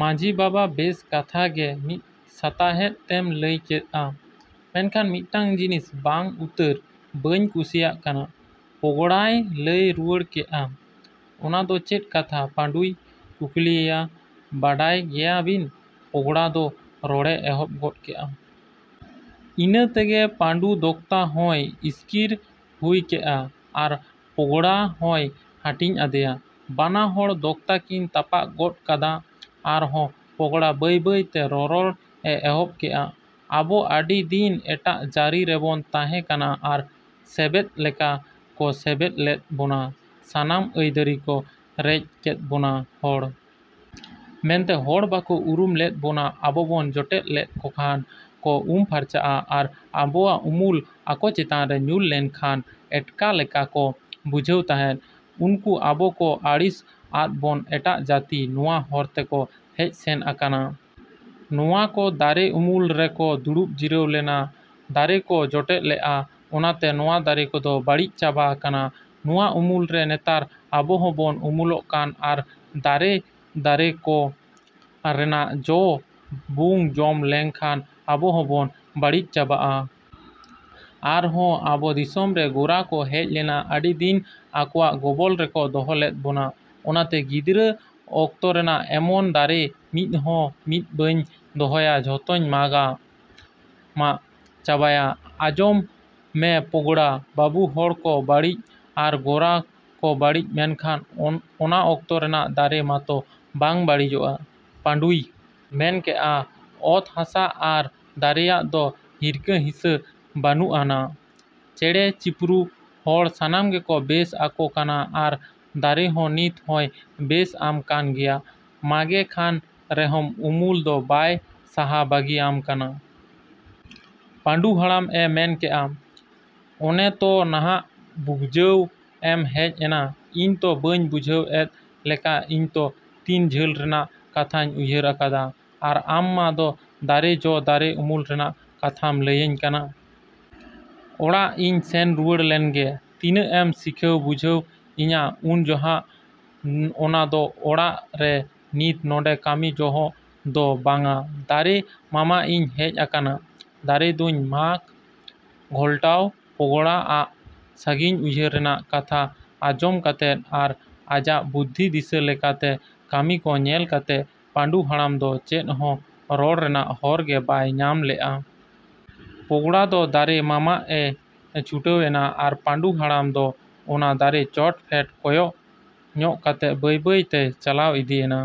ᱢᱟᱺᱡᱷᱤ ᱵᱟᱵᱟ ᱵᱮᱥ ᱠᱟᱛᱷᱟ ᱜᱮ ᱢᱤᱫ ᱥᱟᱛᱟᱦᱮᱫ ᱛᱮᱢ ᱞᱟᱹᱭ ᱠᱮᱜᱼᱟ᱾ ᱢᱮᱱᱠᱷᱟᱱ ᱢᱤᱫᱴᱟᱝ ᱡᱤᱱᱤᱥ ᱵᱟᱝ ᱩᱛᱟᱹᱨ ᱵᱟᱹᱧ ᱠᱩᱥᱤᱭᱟᱜ ᱠᱟᱱᱟ ᱯᱷᱚᱜᱽᱲᱟᱭ ᱞᱟᱹᱭ ᱨᱩᱣᱟᱹᱲ ᱠᱮᱜᱼᱟ ᱾ ᱚᱱᱟ ᱫᱚ ᱪᱮᱫ ᱠᱟᱛᱷᱟ ᱯᱟᱺᱰᱩᱭ ᱠᱩᱜᱞᱤᱭᱟ ᱵᱟᱰᱟᱭ ᱜᱮᱭᱟ ᱵᱤᱱ ᱯᱷᱚᱜᱽᱲᱟ ᱫᱚ ᱨᱚᱲᱮ ᱮᱦᱚᱵ ᱜᱚᱫ ᱠᱮᱜᱼᱟ᱾ ᱤᱱᱟᱹᱜ ᱛᱮᱜᱮ ᱯᱟᱺᱰᱩ ᱫᱚᱠᱛᱟ ᱦᱚᱸᱭ ᱤᱥᱠᱤᱨ ᱦᱩᱭ ᱠᱮᱜᱼᱟ ᱟᱨ ᱯᱷᱚᱜᱽᱲᱟ ᱦᱚᱸᱭ ᱦᱟᱹᱴᱤᱧ ᱟᱫᱮᱭᱟ᱾ ᱵᱟᱱᱟ ᱦᱚᱲ ᱫᱚᱠᱛᱟ ᱠᱤᱱ ᱛᱟᱯᱟᱜ ᱜᱚᱫ ᱠᱟᱫᱼᱟ ᱟᱨ ᱦᱚᱸ ᱯᱷᱚᱜᱽᱲᱟ ᱵᱟᱹᱭ ᱵᱟᱹᱭ ᱛᱮ ᱨᱚᱨᱚᱲ ᱮ ᱮᱦᱚᱵ ᱠᱮᱼᱟ᱾ ᱟᱵᱚ ᱟᱹᱰᱤ ᱫᱤᱱ ᱮᱴᱟᱜ ᱡᱟᱹᱨᱤ ᱨᱮᱵᱚᱱ ᱛᱟᱦᱮᱸ ᱠᱟᱱᱟ ᱟᱨ ᱥᱮᱵᱮᱫ ᱞᱮᱠᱟ ᱠᱚ ᱥᱮᱵᱮᱫ ᱞᱮᱫ ᱵᱚᱱᱟ ᱥᱟᱱᱟᱢ ᱟᱹᱭᱫᱟᱹᱨᱤ ᱠᱚ ᱨᱮᱡ ᱠᱮᱫ ᱵᱚᱱᱟ ᱾ᱦᱚᱲ ᱢᱮᱱᱛᱮ ᱦᱚᱲ ᱵᱟᱠᱚ ᱩᱨᱩᱢ ᱞᱮᱫ ᱵᱚᱱᱟ ᱟᱵᱚ ᱵᱚᱱ ᱡᱚᱴᱮᱫ ᱞᱮᱠᱚ ᱠᱷᱟᱱ ᱠᱚ ᱩᱢ ᱯᱷᱟᱹᱨᱪᱟᱹᱜᱼᱟ ᱟᱨ ᱟᱵᱚᱣᱟᱜ ᱩᱢᱩᱞ ᱟᱠᱚ ᱪᱮᱛᱟᱱ ᱨᱮ ᱧᱩᱨ ᱞᱮᱱ ᱠᱷᱟᱱ ᱮᱴᱠᱟ ᱞᱮᱠᱟ ᱠᱚ ᱵᱩᱡᱷᱟᱹᱣ ᱛᱟᱦᱮᱸᱡ᱾ ᱩᱱᱠᱩ ᱟᱵᱚ ᱠᱚ ᱟᱹᱲᱤᱥ ᱟᱫ ᱵᱚᱱ ᱮᱴᱟᱜ ᱡᱟᱹᱛᱤ ᱱᱚᱶᱟ ᱦᱚᱨ ᱛᱮᱠᱚ ᱦᱮᱡ ᱥᱮᱱ ᱟᱠᱟᱱᱟ᱾ ᱱᱚᱶᱟ ᱠᱚ ᱫᱟᱨᱮ ᱩᱢᱩᱞ ᱨᱮᱠᱚ ᱫᱩᱲᱩᱵ ᱡᱤᱨᱟᱹᱣ ᱞᱮᱱᱟ ᱫᱟᱨᱮ ᱠᱚ ᱡᱚᱴᱮᱫ ᱞᱮᱜᱼᱟ ᱚᱱᱟᱛᱮ ᱱᱚᱶᱟ ᱫᱟᱨᱮ ᱠᱚᱫᱚ ᱵᱟᱹᱲᱤᱡ ᱪᱟᱵᱟ ᱟᱠᱟᱱᱟ᱾ ᱱᱚᱶᱟ ᱩᱢᱩᱞ ᱨᱮ ᱱᱮᱛᱟᱨ ᱟᱵᱚ ᱦᱚᱸ ᱵᱚᱱ ᱩᱢᱩᱞᱚᱜ ᱠᱷᱟᱱ ᱟᱨ ᱫᱟᱨᱮ ᱟᱨ ᱫᱟᱨᱮ ᱠᱚ ᱨᱮᱱᱟᱜ ᱡᱚ ᱵᱩᱝ ᱡᱚᱢ ᱞᱮᱠᱷᱟᱱ ᱟᱵᱚ ᱦᱚᱸ ᱵᱚᱱ ᱵᱟᱹᱲᱤᱡ ᱪᱟᱵᱟᱜᱼᱟ᱾ ᱟᱨ ᱦᱚᱸ ᱟᱵᱚ ᱫᱤᱥᱚᱢ ᱨᱮ ᱜᱚᱨᱟ ᱠᱚ ᱦᱮᱡ ᱞᱮᱱᱟ ᱟᱹᱰᱤ ᱫᱤᱱ ᱟᱠᱚᱣᱟᱜ ᱜᱚᱵᱚᱞ ᱨᱮᱠᱚ ᱫᱚᱦᱚ ᱞᱮᱫ ᱵᱚᱱᱟ᱾ᱚᱱᱟᱛᱮ ᱜᱚᱨᱟ ᱚᱠᱛᱚ ᱨᱮᱱᱟᱜ ᱮᱢᱚᱱ ᱫᱟᱨᱮ ᱢᱤᱫ ᱦᱚᱸ ᱢᱤᱫ ᱵᱟᱹᱧ ᱫᱚᱦᱚᱭᱟ ᱡᱚᱛᱚᱧ ᱢᱟᱜᱟᱼᱢᱟᱜ ᱪᱟᱵᱟᱭᱟ᱾ᱟᱸᱡᱚᱢ ᱢᱮ ᱯᱷᱚᱜᱽᱲᱟ ᱵᱟᱹᱵᱩ ᱦᱚᱲ ᱠᱚ ᱵᱟᱹᱲᱤᱡ ᱟᱨ ᱜᱚᱨᱟ ᱠᱚ ᱵᱟᱹᱲᱤᱡ ᱢᱮᱱᱠᱷᱟᱱ ᱚᱱᱟ ᱚᱠᱛᱚ ᱨᱮᱱᱟᱝ ᱫᱟᱨᱮ ᱢᱟᱛᱚ ᱵᱟᱝ ᱵᱟᱹᱲᱤᱜ ᱼᱟ ᱾ᱯᱟᱺᱰᱩᱭ ᱢᱮᱱ ᱠᱮᱜᱼᱟ᱾ ᱚᱛ ᱦᱟᱥᱟ ᱟᱨ ᱫᱟᱨᱮᱭᱟᱜ ᱫᱚ ᱦᱤᱨᱠᱟᱹ ᱦᱤᱥᱟᱹ ᱵᱟᱹᱱᱩᱜ ᱟᱱᱟ᱾ ᱪᱮᱬᱮ ᱪᱤᱯᱨᱩ ᱦᱚᱲ ᱥᱟᱱᱟᱢ ᱜᱮᱠᱚ ᱵᱮᱥ ᱟᱠᱚ ᱠᱟᱱᱟ ᱟᱨ ᱫᱟᱨᱮ ᱫᱚ ᱱᱤᱛ ᱦᱚᱸᱭ ᱵᱮᱥ ᱟᱢ ᱠᱟᱱ ᱜᱮᱭᱟ᱾ ᱢᱟᱜᱮ ᱠᱟᱱ ᱨᱮᱦᱚᱢ ᱩᱢᱩᱞ ᱫᱚ ᱵᱟᱭ ᱥᱟᱦᱟ ᱵᱟᱹᱜᱤ ᱟᱢ ᱠᱟᱱᱟ᱾ ᱯᱟᱺᱰᱩ ᱦᱟᱲᱟᱢ ᱮ ᱢᱮᱱ ᱠᱮᱜᱼᱟ᱾ ᱚᱱᱮ ᱛᱚ ᱱᱷᱟᱜ ᱵᱩᱜᱡᱷᱟᱹᱣ ᱮᱢ ᱦᱮᱡ ᱮᱱᱟ ᱤᱧ ᱫᱚ ᱵᱟᱹᱧ ᱵᱩᱡᱷᱟᱹᱣ ᱮᱫ ᱞᱮᱠᱟ ᱤᱧ ᱫᱚ ᱛᱤᱱ ᱡᱷᱟᱹᱞ ᱨᱮᱱᱟᱜ ᱠᱟᱛᱷᱟᱹᱧ ᱩᱭᱦᱟᱹᱨ ᱟᱠᱟᱫᱟ᱾ ᱟᱨ ᱢᱟ ᱫᱚ ᱫᱟᱨᱮ ᱡᱚ ᱫᱟᱨᱮ ᱩᱢᱩᱞ ᱨᱮᱱᱟᱜ ᱠᱟᱛᱷᱟᱢ ᱞᱟᱹᱭᱟᱹᱧ ᱠᱟᱱᱟ᱾ ᱚᱲᱟᱜ ᱤᱧ ᱥᱮᱱ ᱨᱩᱣᱟᱹᱲ ᱞᱮᱱᱜᱮ᱾ ᱛᱤᱱᱟᱹᱜ ᱮᱢ ᱥᱤᱠᱷᱟᱹᱣ ᱵᱩᱡᱷᱟᱹᱣ ᱤᱧᱟ ᱩᱱ ᱡᱚᱦᱚᱜ ᱚᱱᱟ ᱫᱚ ᱚᱲᱟᱜ ᱨᱮ ᱱᱤᱛ ᱱᱚᱰᱮ ᱠᱟᱹᱢᱤ ᱡᱚᱦᱜ ᱫᱚ ᱵᱟᱝᱟ ᱫᱟᱨᱮ ᱢᱟᱢᱟᱜ ᱤᱧ ᱦᱮᱡ ᱟᱠᱟᱱᱟ᱾ ᱫᱟᱨᱮ ᱫᱚᱧ ᱢᱟᱜ ᱜᱷᱚᱞᱴᱟᱣᱟ ᱯᱷᱚᱜᱽᱲᱟ ᱦᱟᱜ ᱥᱟᱺᱜᱤᱧ ᱩᱭᱦᱟᱹᱨ ᱨᱮᱱᱟᱜ ᱠᱟᱛᱷᱟ ᱟᱸᱡᱚᱢ ᱠᱟᱛᱮ ᱟᱨ ᱟᱡᱟᱜ ᱵᱩᱫᱷᱤ ᱫᱤᱥᱟᱹ ᱞᱮᱠᱟ ᱛᱮ ᱠᱟᱹᱢᱤ ᱠᱚ ᱧᱮᱞ ᱠᱟᱛᱮ ᱯᱟᱺᱰᱩ ᱦᱟᱲᱟᱢ ᱫᱚ ᱪᱮᱫ ᱦᱚᱸ ᱨᱚᱲ ᱨᱮᱱᱟᱜ ᱦᱚᱨ ᱜᱮ ᱵᱟᱭ ᱧᱟᱢ ᱞᱮᱜᱼᱟ᱾ ᱯᱷᱚᱜᱽᱲᱟ ᱫᱚ ᱫᱟᱨᱮ ᱢᱟᱢᱟᱜᱼᱮ ᱪᱷᱩᱴᱟᱹᱣ ᱮᱱᱟ ᱟᱨ ᱯᱟᱺᱰᱩ ᱦᱟᱲᱟᱢ ᱫᱚ ᱚᱱᱟ ᱫᱟᱨᱮ ᱪᱚᱴ ᱯᱷᱮᱰ ᱠᱚᱭᱚᱜ ᱧᱚᱜ ᱠᱟᱛᱮ ᱵᱟᱹᱭ ᱵᱟᱹᱭ ᱛᱮᱭ ᱪᱟᱞᱟᱣ ᱤᱫᱤ ᱮᱱᱟ᱾